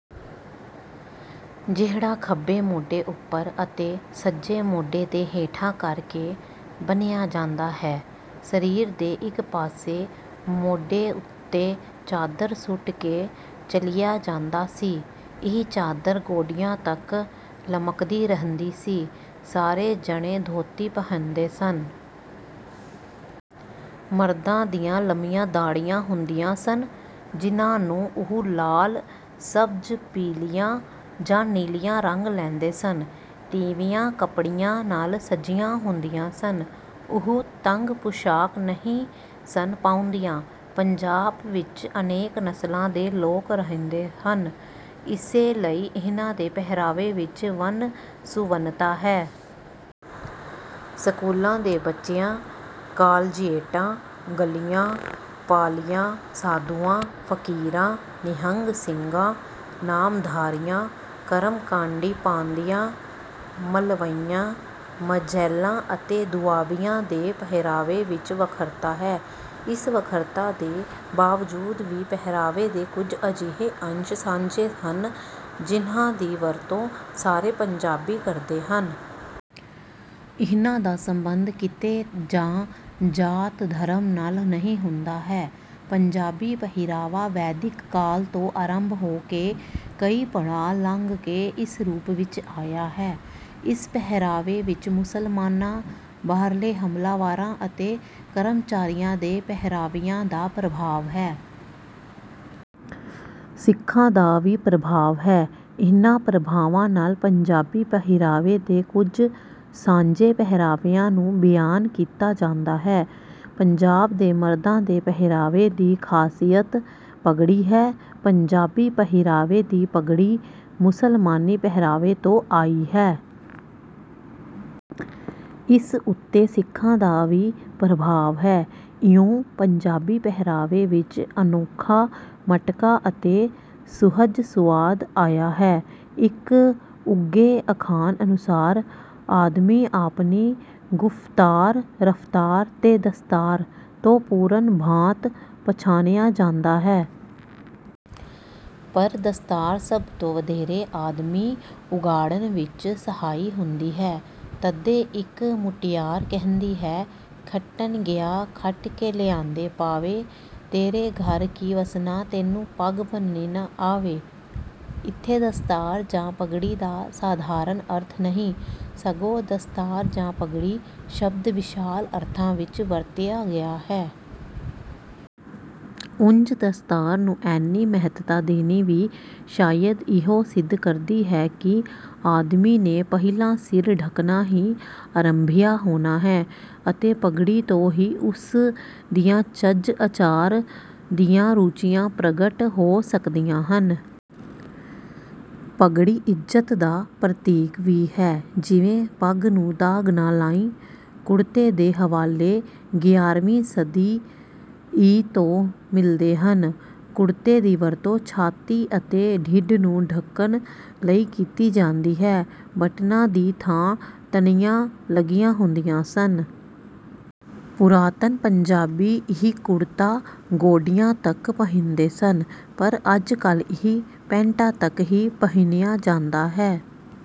ਜਿਹੜਾ ਖੱਬੇ ਮੋਢੇ ਉੱਪਰ ਅਤੇ ਸੱਜੇ ਮੋਢੇ ਦੇ ਹੇਠਾਂ ਕਰਕੇ ਬੰਨ੍ਹਿਆ ਜਾਂਦਾ ਹੈ। ਸਰੀਰ ਦੇ ਇੱਕ ਪਾਸੇ ਮੋਢੇ ਉੱਤੇ ਚਾਦਰ ਸੁੱਟ ਕੇ ਚਲਿਆ ਜਾਂਦਾ ਸੀ। ਇਹ ਚਾਦਰ ਗੋਡਿਆਂ ਤੱਕ ਲਮਕਦੀ ਰਹਿੰਦੀ ਸੀ। ਸਾਰੇ ਜਣੇ ਧੋਤੀ ਪਹਿਨਦੇ ਸਨ। ਮਰਦਾਂ ਦੀਆਂ ਲੰਮੀਆਂ ਦਾੜ੍ਹੀਆਂ ਹੁੰਦੀਆਂ ਸਨ, ਜਿਨ੍ਹਾਂ ਨੂੰ ਉਹ ਲਾਲ, ਸ਼ਬਜ਼, ਪੀਲੀਆਂ ਜਾਂ ਨੀਲੀਆਂ ਰੰਗ ਲੈਂਦੇ ਸਨ। ਤੀਵੀਆਂ ਕੱਪੜਿਆਂ ਨਾਲ ਸੱਜੀਆਂ ਹੁੰਦੀਆਂ ਸਨ। ਉਹ ਤੰਗ ਪੁਸ਼ਾਕ ਨਹੀਂ ਸਨ ਪਾਉਂਦੀਆਂ। ਪੰਜਾਬ ਵਿੱਚ ਅਨੇਕਾਂ ਨਸਲਾਂ ਦੇ ਲੋਕ ਰਹਿੰਦੇ ਹਨ, ਇਸੇ ਲਈ ਇਹਨਾਂ ਦੇ ਪਹਿਰਾਵੇ ਵਿੱਚ ਵੰਨ-ਸੁਵੰਨਤਾ ਹੈ। ਸਕੂਲਾਂ ਦੇ ਬੱਚਿਆਂ, ਕਾਲਜੀਏਟਾਂ, ਗਲੀਆਂ, ਪਾਲੀਆਂ, ਸਾਧੂਆਂ, ਫ਼ਕੀਰਾਂ, ਨਿਹੰਗ ਸਿੰਘਾਂ, ਨਾਮਧਾਰੀਆਂ, ਕਰਮਕਾਂਡੀ ਪਾਂਧਿਆਂ, ਮਲਵਈਆਂ, ਮਝੈਲਾਂ ਅਤੇ ਦੁਆਬੀਆਂ ਦੇ ਪਹਿਰਾਵੇ ਵਿੱਚ ਵੱਖਰਤਾ ਹੈ। ਇਸ ਵੱਖਰਤਾ ਦੇ ਬਾਵਜੂਦ ਵੀ ਪਹਿਰਾਵੇ ਦੇ ਕੁਝ ਅਜਿਹੇ ਅੰਸ਼ ਸਾਂਝੇ ਹਨ, ਜਿਨ੍ਹਾਂ ਦੀ ਵਰਤੋਂ ਸਾਰੇ ਪੰਜਾਬੀ ਕਰਦੇ ਹਨ। ਇਹਨਾਂ ਦਾ ਸੰਬੰਧ ਕਿੱਤੇ ਜਾਂ ਜਾਤ-ਧਰਮ ਨਾਲ ਨਹੀਂ ਹੁੰਦਾ ਹੈ। ਪੰਜਾਬੀ ਪਹਿਰਾਵਾ ਵੈਦਿਕ ਕਾਲ ਤੋਂ ਆਰੰਭ ਹੋ ਕੇ ਕਈ ਪੜਾਅ ਲੰਘ ਕੇ ਇਸ ਰੂਪ ਵਿੱਚ ਆਇਆ ਹੈ। ਇਸ ਪਹਿਰਾਵੇ ਵਿੱਚ ਮੁਸਲਮਾਨਾਂ, ਬਾਹਰਲੇ ਹਮਲਾਵਰਾਂ ਅਤੇ ਕਰਮਚਾਰੀਆਂ ਦੇ ਪਹਿਰਾਵਿਆਂ ਦਾ ਪ੍ਰਭਾਵ ਹੈ। ਸਿੱਖਾਂ ਦਾ ਵੀ ਪ੍ਰਭਾਵ ਹੈ। ਇਹਨਾਂ ਪ੍ਰਭਾਵਾਂ ਨਾਲ ਪੰਜਾਬੀ ਪਹਿਰਾਵੇ ਦੇ ਕੁਝ ਸਾਂਝੇ ਪਹਿਰਾਵਿਆਂ ਨੂੰ ਬਿਆਨ ਕੀਤਾ ਜਾਂਦਾ ਹੈ। ਪੰਜਾਬ ਦੇ ਮਰਦਾਂ ਦੇ ਪਹਿਰਾਵੇ ਦੀ ਖ਼ਾਸੀਅਤ ਪੱਗੜੀ ਹੈ। ਪੰਜਾਬੀ ਪਹਿਰਾਵੇ ਦੀ ਪੱਗੜੀ ਮੁਸਲਮਾਨੀ ਪਹਿਰਾਵੇ ਤੋਂ ਆਈ ਹੈ। ਇਸ ਉੱਤੇ ਸਿੱਖਾਂ ਦਾ ਵੀ ਪ੍ਰਭਾਵ ਹੈ। ਇਉਂ ਪੰਜਾਬੀ ਪਹਿਰਾਵੇ ਵਿੱਚ ਅਨੋਖਾ ਮਟਕਾ ਅਤੇ ਸੁਹਜ-ਸੁਆਦ ਆਇਆ ਹੈ। ਇੱਕ ਉੱਘੇ ਅਖਾਣ ਅਨੁਸਾਰ, ਆਦਮੀ ਆਪਣੀ “ਗੁਫ਼ਤਾਰ, ਰਫ਼ਤਾਰ ਤੇ ਦਸਤਾਰ” ਤੋਂ ਪੂਰਨ ਭਾਂਤ ਪਛਾਣਿਆ ਜਾਂਦਾ ਹੈ। ਪਰ ਦਸਤਾਰ ਸਭ ਤੋਂ ਵਧੇਰੇ ਆਦਮੀ ਉਘਾੜਨ ਵਿੱਚ ਸਹਾਈ ਹੁੰਦੀ ਹੈ। ਤਦੇ ਇੱਕ ਮੁਟਿਆਰ ਕਹਿੰਦੀ ਹੈ: “ਖੱਟਣ ਗਿਆ ਖੱਟ ਕੇ ਲਿਆਂਦੇ ਪਾਵੇ, ਤੇਰੇ ਘਰ ਕੀ ਵੱਸਣਾ, ਤੈਨੂੰ ਪੱਗ ਬੰਨ੍ਹਣੀ ਨਾ ਆਵੇ।” ਇੱਥੇ ਦਸਤਾਰ ਜਾਂ ਪੱਗੜੀ ਦਾ ਸਾਧਾਰਣ ਅਰਥ ਨਹੀਂ, ਸਗੋਂ ਦਸਤਾਰ ਜਾਂ ਪੱਗੜੀ ਸ਼ਬਦ ਵਿਸ਼ਾਲ ਅਰਥਾਂ ਵਿੱਚ ਵਰਤਿਆ ਗਿਆ ਹੈ। ਉਂਝ ਦਸਤਾਰ ਨੂੰ ਐਨੀ ਮਹੱਤਤਾ ਦੇਣੀ ਵੀ ਸ਼ਾਇਦ ਇਹੋ ਸਿੱਧ ਕਰਦੀ ਹੈ ਕਿ ਆਦਮੀ ਨੇ ਪਹਿਲਾਂ ਸਿਰ ਢੱਕਣਾ ਹੀ ਆਰੰਭਿਆ ਹੋਣਾ ਹੈ ਅਤੇ ਪੱਗੜੀ ਤੋਂ ਹੀ ਉਸ ਦੀਆਂ ਚੱਜ-ਆਚਾਰ ਦੀਆਂ ਰੁਚੀਆਂ ਪ੍ਰਗਟ ਹੋ ਸਕਦੀਆਂ ਹਨ। ਪੱਗੜੀ ਇੱਜ਼ਤ ਦਾ ਪ੍ਰਤੀਕ ਵੀ ਹੈ, ਜਿਵੇਂ—“ਪੱਗ ਨੂੰ ਦਾਗ ਨਾ ਲਾਈਂ।” ਕੁੜਤੇ ਦੇ ਹਵਾਲੇ ਗਿਆਰਵੀਂ ਸਦੀ ਈ. ਤੋਂ ਮਿਲਦੇ ਹਨ। ਕੁੜਤੇ ਦੀ ਵਰਤੋਂ ਛਾਤੀ ਅਤੇ ਢਿੱਡ ਨੂੰ ਢੱਕਣ ਲਈ ਕੀਤੀ ਜਾਂਦੀ ਹੈ। ਬਟਨਾਂ ਦੀ ਥਾਂ ਤਣੀਆਂ ਲੱਗੀਆਂ ਹੁੰਦੀਆਂ ਸਨ। ਪੁਰਾਤਨ ਪੰਜਾਬੀ ਇਹ ਕੁੜਤਾ ਗੋਡਿਆਂ ਤੱਕ ਪਹਿਨਦੇ ਸਨ, ਪਰ ਅੱਜ-ਕੱਲ੍ਹ ਇਹ ਪੈਂਟਾਂ ਤੱਕ ਹੀ ਪਹਿਨਿਆ ਜਾਂਦਾ ਹੈ।